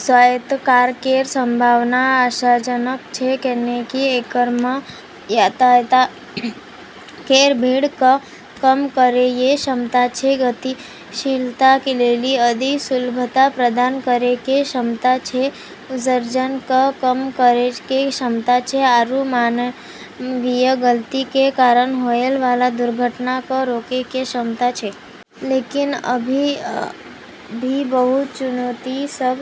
स्वायत्त कार केरऽ संभावना आशाजनक छै, कैन्हेंकि एकरा म॑ यातायात केरऽ भीड़ क॑ कम करै के क्षमता छै, गतिशीलता लेली अधिक सुलभता प्रदान करै के क्षमता छै, उत्सर्जन क॑ कम करै के क्षमता छै, आरू मानवीय गलती के कारण होय वाला दुर्घटना क॑ रोकै के क्षमता छै। लेकिन, अभी भी बहुत चुनौती स॑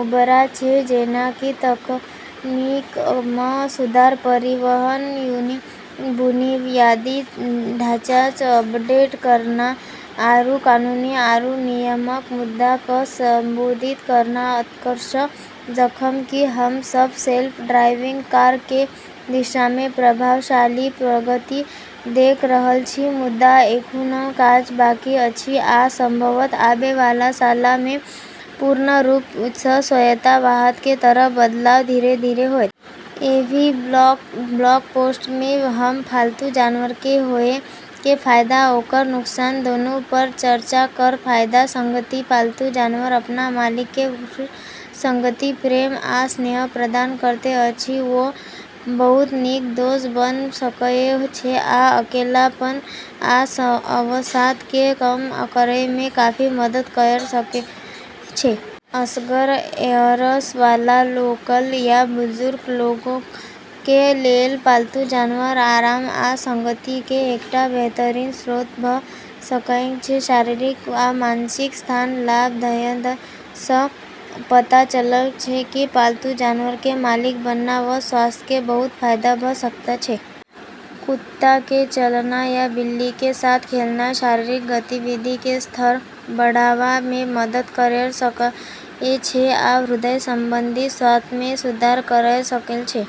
उबरना छै, जेना कि तकनीक म॑ सुधार, परिवहन बुनियादी ढाँचा क॑ अपडेट करना, आरू कानूनी आरू नियामक मुद्दा क॑ संबोधित करना। निष्कर्षतः, जखन कि हम सब सेल्फ ड्राइविंग कार के दिशा में प्रभावशाली प्रगति देख रहल छी, मुदा एखनहु काज बाकी अछि, आ संभवतः आबै वाला साल में पूर्ण रूप सं स्वायत्त वाहन के तरफ बदलाव धीरे-धीरे होयत. एहि ब्लॉग पोस्ट मे हम पालतू जानवर के होए के फायदा आओर नुकसान दुनु पर चर्चा करब. फायदा संगति: पालतू जानवर अपन मालिक के उत्कृष्ट संगति, प्रेम, आ स्नेह प्रदान करैत अछि ओ बहुत नीक दोस्त भ सकएय छै आ अकेलापन आ अवसाद कें कम करएय मे काफी मदद कयर सकएय छै. असगर रहएय वाला लोगक या बुजुर्ग लोगक कें लेल पालतू जानवर आराम आ संगति कें एकटा बेहतरीन स्रोत भ सकएय छै. शारीरिक आ मानसिक स्वास्थ्य लाभ: अध्ययन सं पता चलल छै कि पालतू जानवर कें मालिक बनला सं स्वास्थ्य कें बहुत फायदा भ सकय छै. कुत्ता कें चलनाय या बिल्ली कें साथ खेलनाय शारीरिक गतिविधि कें स्तर बढ़ावा मे मदद कयर सकएय छै आ हृदय संबंधी स्वास्थ्य मे सुधार कयर सकएय छै.